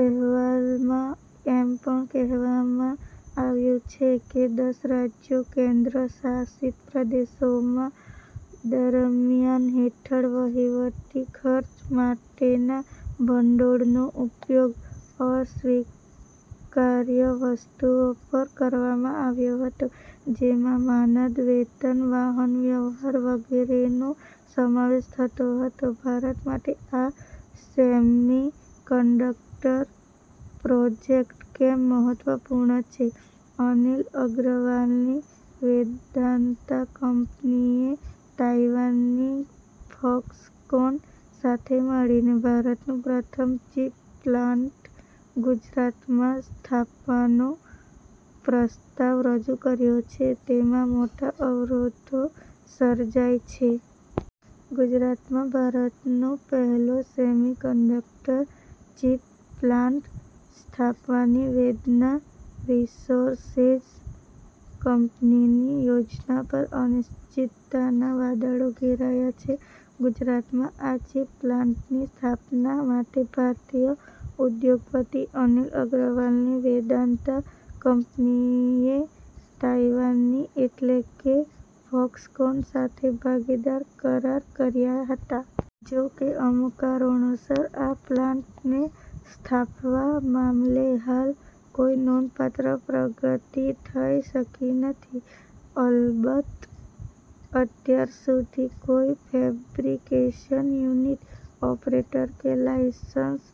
અહેવાલમાં એમ પણ કહેવામાં આવ્યું છે કે દસ રાજ્યો કેન્દ્રશાસિત પ્રદેશોમાં, દરમિયાન હેઠળ વહીવટી ખર્ચ માટેના ભંડોળનો ઉપયોગ "અસ્વીકાર્ય વસ્તુઓ" પર કરવામાં આવ્યો હતો. જેમાં માનદ વેતન, વાહનવ્યવહાર વગેરેનો સમાવેશ થતો હતો. ભારત માટે આ સેમીકન્ડક્ટર પ્રોજેક્ટ કેમ મહત્વપૂર્ણ છે અનિલ અગ્રવાલની વેદાંતા કંપનીએ તાઇવાનની ફોક્સકોન સાથે મળીને ભારતનો પ્રથમ ચીપ પ્લાન્ટ ગુજરાતમાં સ્થાપવાનો પ્રસ્તાવ રજૂ કર્યો છે, તેમાં મોટા અવરોધો સર્જાય છે. ગુજરાતમાં ભારતનો પહેલો સેમીકન્ડક્ટર ચીપ પ્લાન્ટ સ્થાપવાની વેદાંતા રિસોર્સેઝ કંપનીની યોજના પર અનિશ્ચિતતાના વાદળો ઘેરાયા છે. ગુજરાતમાં આ ચીપ પ્લાન્ટની સ્થાપના માટે ભારતીય ઉદ્યોગપતિ અનિલ અગ્રવાલની વેદાંતા કંપનીએ તાઇવાનની એટલે કે ફોક્સકોન સાથે ભાગીદાર કરાર કર્યા હતા. જો કે અમુક કારણોસર આ પ્લાન્ટને સ્થાપવા મામલે હાલ કોઇ નોંધપાત્ર પ્રગતિ થઇ શકી નથી. અલબત્ત અત્યાર સુધી કોઇ ફેબ્રિકેશન યુનિટ ઓપરેટર કે લાઇસન્સ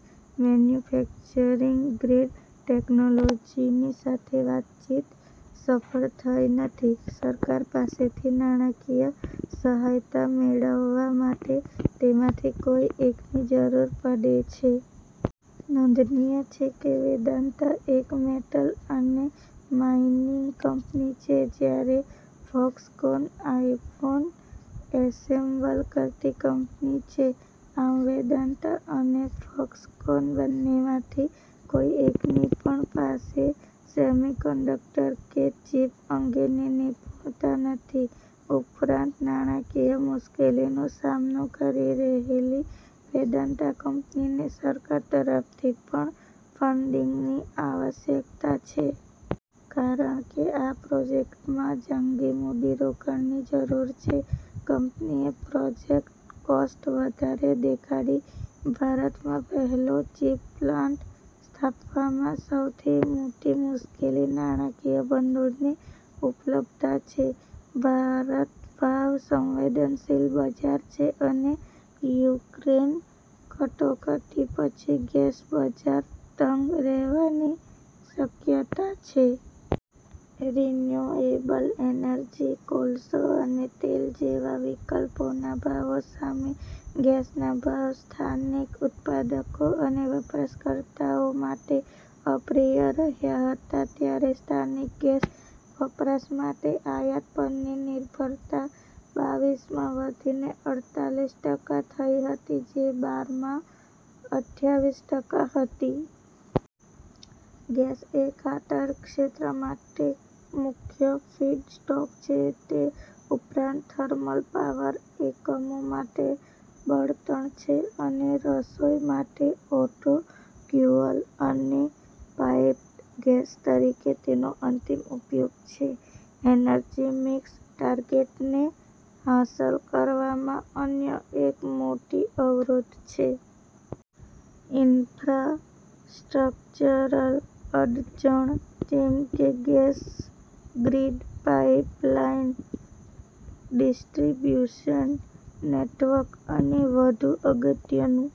મેન્યુફેક્ચરિંગ ગ્રેડ ટેકનોલોજીની સાથે વાતચીત સફળ થઇ નથી. સરકાર પાસેથી નાણાંકીય સહાયતા મેળવવા માટે તેમાંથી કોઇ એકની જરૂર પડે છે. નોંધનિય છે કે, વેદાંતા એક મેટલ અને માઇનિંગ કંપની છે જ્યારે ફોક્સકોન આઇફોન એસેમ્બલ કરતી કંપની છે. આમ વેદાંતા અને ફોક્સકોન બંનેમાંથી કોઇ એકની પણ પાસે સેમીકન્ડક્ટર કે ચીપ અંગેની નિપુણતા નથી. ઉપરાંત નાણાંકીય મુશ્કેલીનો સામનો કરી રહેલી વેદાંતા કંપનીને સરકાર તરફથી પણ ફંડિગની આવશ્યકતા છે. કારણ કે આ પ્રોજેક્ટમાં જંગી મૂડીરોકાણની જરૂર છે. કંપનીએ પ્રોજેક્ટ કોસ્ટ વધારે દેખાડી. ભારતમાં પહેલો ચીપ પ્લાન્ટ સ્થાપવામાં સૌથી મોટી મુશ્કેલી નાણાંકીય ભંડોળની ઉપલબ્ધતા છે. ભારત ભાવ સંવેદનશીલ બજાર છે અને યુક્રેન કટોકટી પછી ગેસ બજાર તંગ રહેવાની શક્યતા છે. રિન્યુએબલ એનર્જી, કોલસો અને તેલ જેવા વિકલ્પોના ભાવો સામે ગેસના ભાવ સ્થાનિક ઉત્પાદકો અને વપરાશકર્તાઓ માટે અપ્રિય રહ્યા હતા, ત્યારે સ્થાનિક ગેસ વપરાશ માટે આયાત પરની નિર્ભરતા બાવીસમાં વધીને અડતાલીસ ટકા થઈ હતી જે બાર માં અઠ્ઠાવીસ ટકા હતી. ગેસ એ ખાતર ક્ષેત્ર માટે મુખ્ય ફીડસ્ટોક છે, તે ઉપરાંત થર્મલ પાવર એકમો માટે બળતણ છે, અને રસોઈ માટે ઓટો ફ્યુઅલ અને પાઇપ્ડ ગેસ તરીકે તેનો અંતિમ ઉપયોગ છે. એનર્જી મિક્સ ટાર્ગેટને હાંસલ કરવામાં અન્ય એક મોટી અવરોધ છે. ઇન્ફ્રાસ્ટ્રક્ચરલ અડચણ જેમ કે gas grid, pipeline, distribution network અને વધુ અગત્યનું.